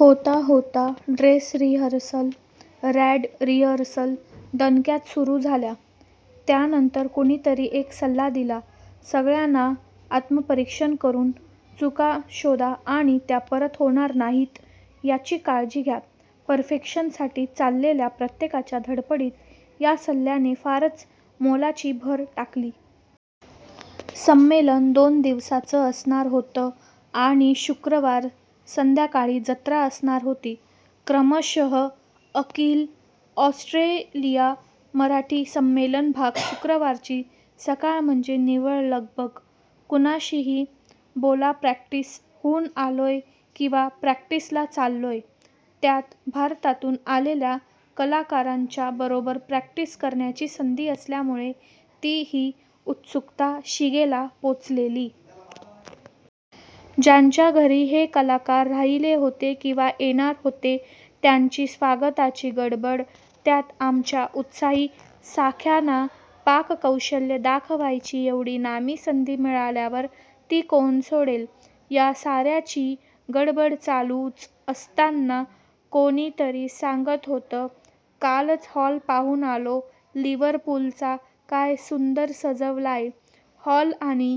होता होता dress rehearsal grand rehearsal दणक्यात सुरू झाल्या. त्यानंतर कुणीतरी एक सल्ला दिला सगळ्याना आत्म्परीक्षण करून चुका शोधा आणि त्या परत होणार नाहीत याची काळजी घ्या. पर्फेक्षन साठी चालेल्या प्रत्येकाच्या धडपडीत या सल्ल्याने फारच मोलाची भर टाकली. संमेलन दोन दिवसांच असणार होत आणि शुक्रवार संध्याकाळी जत्रा असणार होती. -क्रमशःअखिल ऑस्ट्रेलिया मराठी संमेलन भाग शुक्रावरची सकाळ म्हणजे निव्वळ लगबग. कुणाशी ही बोलाप्रॅक्टीस हून आलोय किंवा प्रॅक्टीस ला चाललोय. त्यात भारतातून आलेल्या कलाकारांच्या बरोबर प्रॅक्टीस करण्याची संधी असल्यामुळे ती ही उत्सुकता शिगेला पोचलेली. ज्यांच्या घरी हे कलाकार राहीले होते किंवा येणार होते त्यांची स्वागताची गडबड त्यात आमच्या उत्साही साख्याना पाककौशल्य दाखवायची एवढी नामी संधी मिळाल्यावर ती कोण सोडेल. या सार्याची गडबड चालूच असताना कोणीतरी सांगत होत कालच हॉल पाहून आलो लिवरपूल चा काय सूंदर सजवलाय हॉल आणि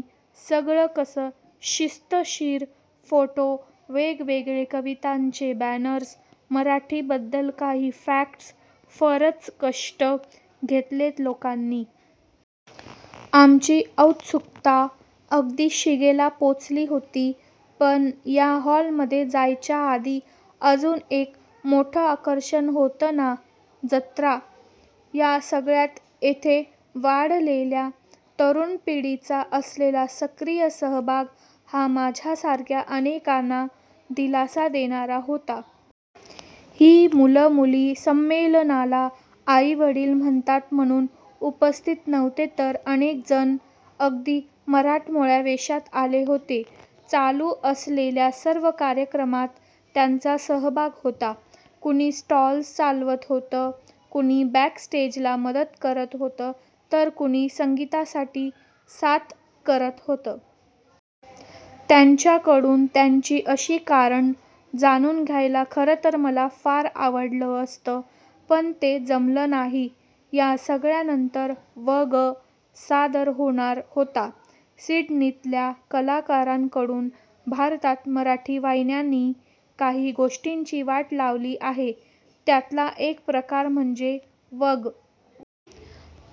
सगळ कस शिस्त-शीर फोटो, वेगवेगळे कवितांचे बॅनर्स, मराठी बद्दल काही फॅक्ट्स फरच कष्ट घेतलेत लोकांनी. आमची औत्सुकता अगदी शिगेला पोचली होती पण या हॉल मधे जायच्या आधी अजुन एक मोठ आकर्षण होत ना जत्रा!!! या सगळ्यात एथे वाढलेल्या तरुण पिढीचा असलेला सक्रिय सहभाग हा माझ्यासारख्या अनेकाना दिलासा देणारा होता. ही मूल-मुली संमेलनाला आई वडील म्हणतात म्हणून उपस्थित नव्हते तर अनेक जण अगदी मराठमोळ्या वेषात आले होते. चालू असलेल्या सर्व कार्यक्रमात त्यांचा सहभाग होता. कुणी स्टॉल्स चालवत होत, कुणी बॅक-स्टेज ला मदत करत होत तर कुणी संगीता साठी साथ करत होत. त्यांच्याकडून त्यांची अशी कारण जाणून घ्यायला खरतर मला फार आवडल असत पण ते जमल नाही. या सगळ्या नंतर "वग" सादर होणार होता सिड्नीतल्या कलाकरांकडून. भारतात मराठी वाहिन्यानि काही गोष्टींची वाट लावली आहे त्यातला एक प्रकार म्हणजे "वग".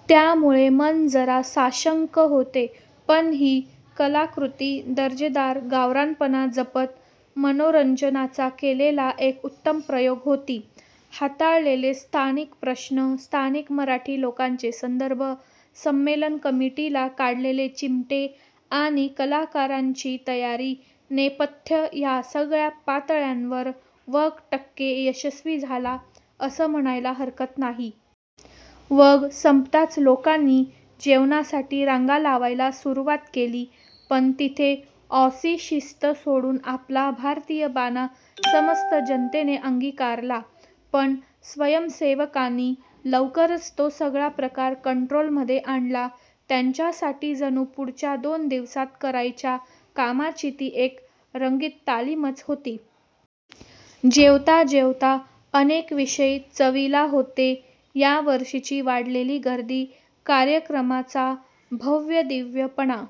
त्यामुळे मन जरा साशंक होते. पण ही कलाकृती दर्जेदार गवरानपणा जपत, मनोरंजनाचा केलेला एक उत्तम प्रयोग होती. हाताळलेले स्थानिक प्रश्न, स्थानिक मराठी लोकांचे संदर्भ, संमेलन कमिटी ला काढलेले चिमटे, आणि कलाकारांची तयारी, नेपथ्य या सगळ्या पातळ्यांवर "वग" टक्के यशस्वी झाला अस म्हणायला हरकत नाही. वग संपताच लोकानि जेवणासाठी रांगा लावायला सुरूवात केली पण तिथे ऑसी शिस्त सोडून आपला भारतीय बाणा समस्त जनतेने अंगिकारला. पण स्वयंसेवकानी लवकरच तो सगळा प्रकार कंट्रोल मधे आणला त्यांच्या साठी जणू पुढच्या दोन दिवसात करायच्या कामाची ती एक रंगीत तालीमच होती. जेवता जेवता अनेक विषय चवीला होते यावर्षीची वाढलेली गर्दी, कार्यक्रमाचा भव्यदिव्य पणा